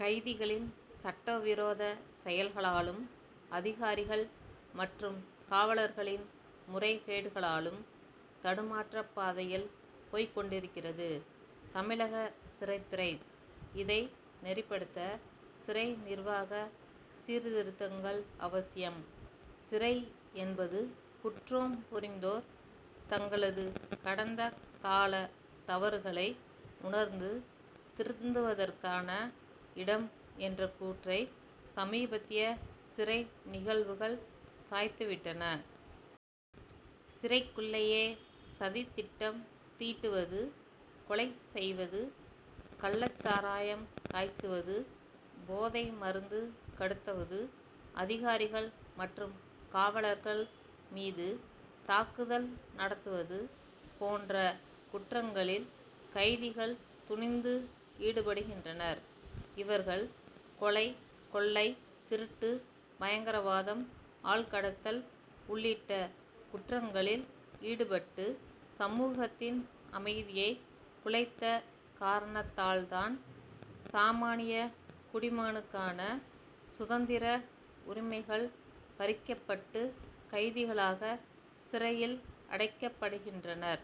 கைதிகளின் சட்டவிரோத செயல்களாலும், அதிகாரிகள் மற்றும் காவலர்களின் முறைகேடுகளாலும் தடுமாற்றப்பாதையில் போய்க் கொண்டிருக்கிறது, தமிழக சிறைத்துறை. இதை நெறிப்படுத்த, சிறை நிர்வாக சீர்திருத்தங்கள் அவசியம். சிறை என்பது, குற்றம்புரிந்தோர் தங்களது கடந்த கால தவறுகளை உணர்ந்து திருந்துவதற்கான இடம்' என்ற கூற்றை, சமீபத்திய சிறை நிகழ்வுகள் சாய்த்துவிட் டன. சிறைக்குள்ளேயே சதி திட்டம் தீட்டுவது, கொலை செய்வது, கள்ளச்சாராயம் காய்ச்சுவது, போதை மருந்து கடத்துவது, அதிகாரிகள் மற்றும் காவலர்கள் மீது தாக்குதல் நடத்துவது போன்ற குற்றங்களில் கைதிகள் துணிந்து ஈடுபடுகின்றனர். இவர்கள் கொலை, கொள்ளை, திருட்டு, பயங்கரவாதம், ஆள் கடத்தல் உள்ளிட்ட குற்றங்களில் ஈடுபட்டு சமூகத்தின் அமைதியை குலைத்த காரணத்தால்தான், சாமானிய குடிமகனுக்கான சுதந்திர உரிமைகள் பறிக்கப்பட்டு, கைதிகளாக சிறையில் அடைக்கப்படுகின்றனர்.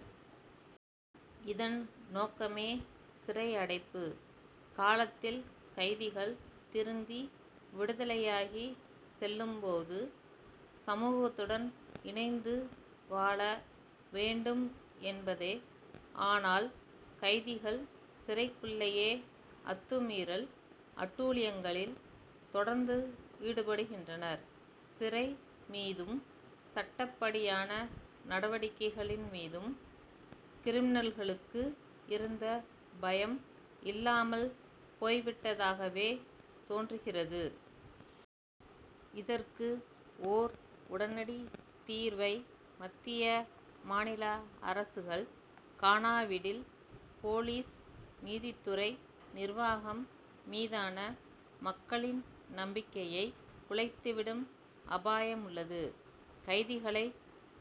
இதன் நோக்கமே, சிறை அடைப்பு காலத்தில் கைதிகள் திருந்தி, விடுதலையாகி செல்லும் போது சமூகத்துடன் இணைந்து வாழ வேண்டும் என்பதே. ஆனால், கைதிகள் சிறைக்குள்ளேயே அத்துமீறல், அட்டூழியங்களில் துணிந்து ஈடுபடுகின்றனர். சிறை மீதும், சட்டப்படியான நடவடிக்கைகளின் மீதும் கிரிமினல்களுக்கு இருந்த பயம் இல்லாமல் போய்விட்டதாகவே தோன்றுகிறது. இதற்கு ஓர் உடனடி தீர்வை மத்திய, மாநில அரசுகள் காணாவிடில் போலீஸ், நீதித்துறை, நிர்வாகம் மீதான மக்களின் நம்பிக்கையை குலைத்துவிடும் அபாயமுள்ளது. கைதிகளை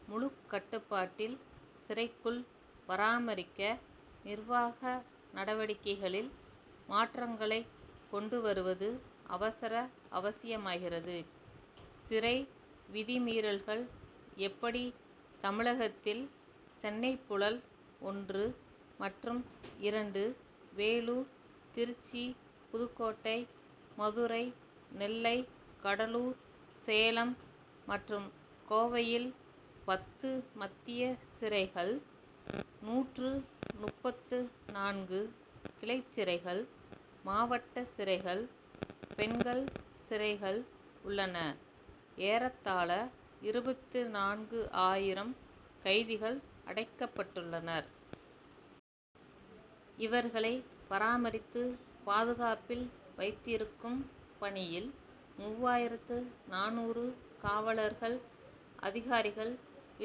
முழு கட்டுப்பாட்டில் சிறைக்குள் பராமரிக்க, நிர்வாக நடவடிக்கைகளில் மாற்றங்களை கொண்டுவருவது அவசர அவசியமாகிறது. சிறை விதிமீறல்கள் எப்படி தமிழகத்தில் சென்னை புழல் ஒன்று மற்றும் இரண்டு, வேலூர், திருச்சி, புதுக்கோட்டை, மதுரை, நெல்லை, கடலூர், சேலம் மற்றும் கோவையில் பத்து மத்திய சிறைகள், நூற்று முப்பத்து நான்கு கிளைச்சிறைகள், மாவட்டச்சிறைகள், பெண்கள் சிறைகள் உள்ளன, ஏறத்தாழ இருபத்து நான்கு ஆயிரம் கைதிகள் அடைக்கப்பட்டுள்ளனர். இவர்களை பராமரித்து, பாதுகாப்பில் வைத்திருக்கும் பணியில் மூவாயிரத்து நானூறு காவலர்கள், அதிகாரிகள்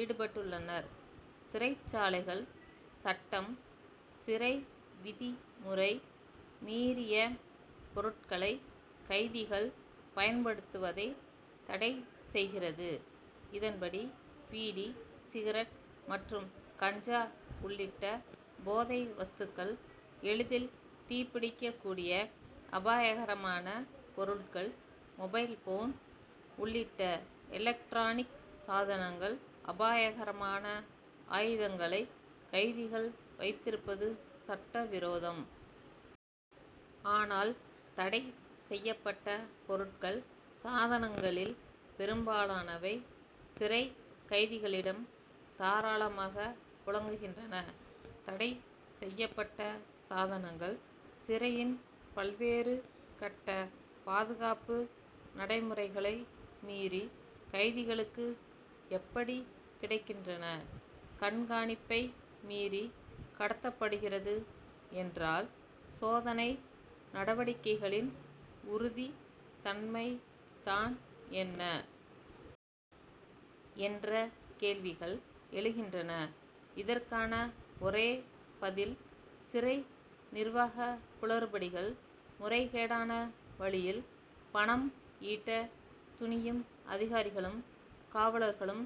ஈடுபட்டுள்ளனர். சிறைச்சாலைகள் சட்டம், சிறைவிதிமுறை மீறிய பொருட்களை கைதிகள் பயன்படுத்துவதை தடை செய்கிறது. இதன்படி பீடி, சிகரெட் மற்றும் கஞ்சா உள்ளிட்ட போதை வஸ்துகள், எளிதில் தீப்பிடிக்கக்கூடிய அபாயகரமான பொருட்கள், மொபைல் போன் உள்ளிட்ட எலக்ட்ரானிக் சாதனங்கள், அபாயகரமான ஆயுதங்களை கைதிகள் வைத்திருப்பது சட்டவிரோதம். ஆனால், தடை செய்யப்பட்ட பொருட்கள், சாதனங்களில் பெரும்பாலானவை சிறை கைதிகளிடம் தாராளமாக புழங்குகின்றன. தடை செய்யப் பட்ட சாதனங்கள், சிறையின் பல்வேறு கட்ட பாதுகாப்பு நடைமுறைகளை மீறி கைதிகளுக்கு எப்படி கிடைக்கின்றன? கண்காணிப்பை மீறி கடத்தப்படுகிறது என்றால், சோதனை நடவடிக்கைகளின் உறுதி தன்மை தான் என்ன? என்ற கேள்விகள் எழுகின்றன. இதற்கான ஒரே பதில், சிறை நிர்வாக குளறுபடிகள். முறைகேடான வழியில் பணம் ஈட்ட துணியும்அதிகாரிகளும், காவலர்களும்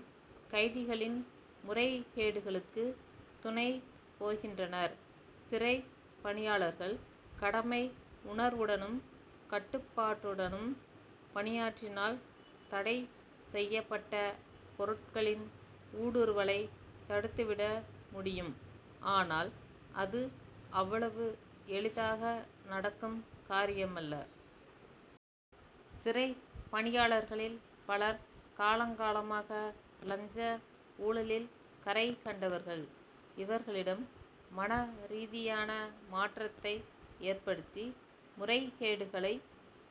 கைதிகளின் முறைகேடுகளுக்கு துணை போகின்றனர். சிறை பணியாளர்கள் கடமை உணர்வுடனும், கட்டுப்பாட்டுடனும் பணியாற்றினால், தடை செய்யப்பட்ட பொருட்களின் ஊடுருவலை தடுத்துவிட முடியும், ஆனால், அது அவ்வளவு எளிதாக நடக்கும் காரியமல்ல. சிறை பணியாளர்களில் பலர் காலங்காலமாக லஞ்ச, ஊழலில் கரைகண்டவர்கள். இவர்களிடம் மன ரீதியான மாற்றத்தை ஏற்படுத்தி, முறைகேடுகளை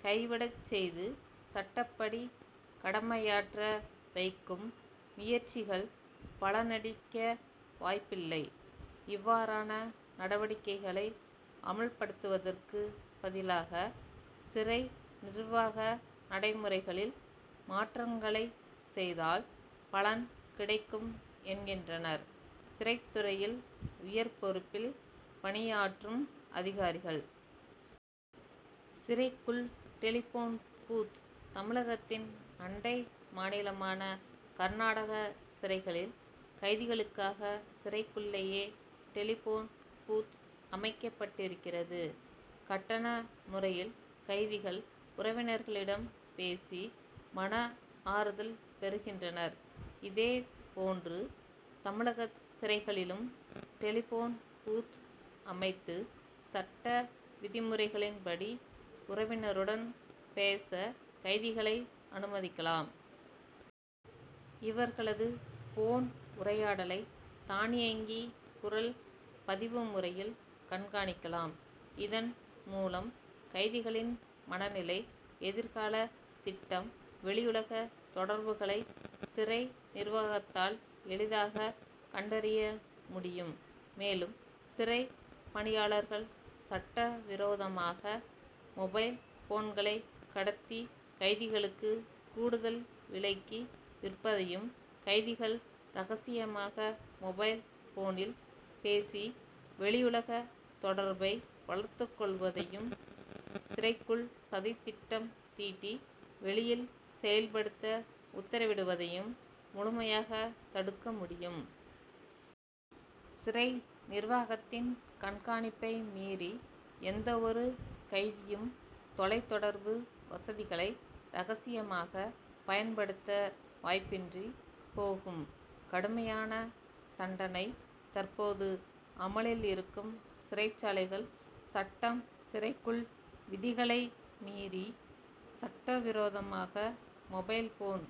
கைவிடச் செய்து, சட்டப்படி கடமையாற்ற வைக்கும் முயற்சிகள் பலனளிக்க வாய்ப்பில்லை. இவ்வாறான நடவடிக்கைகளை அமல்படுத்துவதற்கு பதிலாக, சிறை நிர்வாக நடைமுறைகளில் மாற்றங்களை செய்தால் பலன் கிடைக்கும் என்கின்றனர், சிறைத்துறையில் உயர்பொறுப்பில் பணியாற்றும் அதிகாரிகள். சிறைக்குள் டெலிபோன் பூத் தமிழகத்தின் அண்டை மாநிலமான கர்நாடக சிறைகளில் கைதிகளுக்காக சிறைக்குள்ளேயே டெலிபோன் பூத்' அமைக்கப்பட்டிருக்கிறது. கட்டண முறையில் கைதிகள் உறவினர்களிடம் பேசி, மன ஆறுதல் பெறுகின்றனர். இதே போன்று, தமிழக சிறைகளிலும் டெலிபோன் பூத்' அமைத்து, சட்ட விதிமுறைகளின்படி உறவினருடன் பேச கைதிகளை அனுமதிக்கலாம். இவர்களது போன் உரையாடலை, தானியங்கி குரல் பதிவு முறையில் கண்காணிக்கலாம். இதன் மூலம், கைதிகளின் மனநிலை, எதிர்கால திட்டம், வெளியுலக தொடர்புகளை சிறை நிர்வாகத்தால் எளிதாக கண்டறிய முடியும். மேலும், சிறை பணியாளர்கள் சட்டவிரோதமாக மொபைல் போன்களை கடத்தி கைதிகளுக்கு கூடுதல் விலைக்கு விற்பதையும், கைதிகள் ரகசியமாக மொபைல் போனில் பேசி வெளியுலக தொடர்பை வளர்த்துக் கொள்வதையும், சிறைக்குள் சதித்திட்டம் தீட்டி வெளியில் செயல்படுத்த உத்தரவிடுவதையும், முழுமையாக தடுக்க முடியும். சிறை நிர்வாகத்தின் கண்காணிப்பை மீறி, எந்தவொரு கைதியும் தொலைதொடர்பு வசதிகளை ரகசியமாக பயன்படுத்த வாய்ப்பின்றி போகும். கடுமையான தண்டனை தற்போது அமலில் இருக்கும் சிறைச்சாலைகள் சட்டம்', சிறைக்குள் விதிகளை மீறி சட்டவிரோதமாக மொபைல் போன்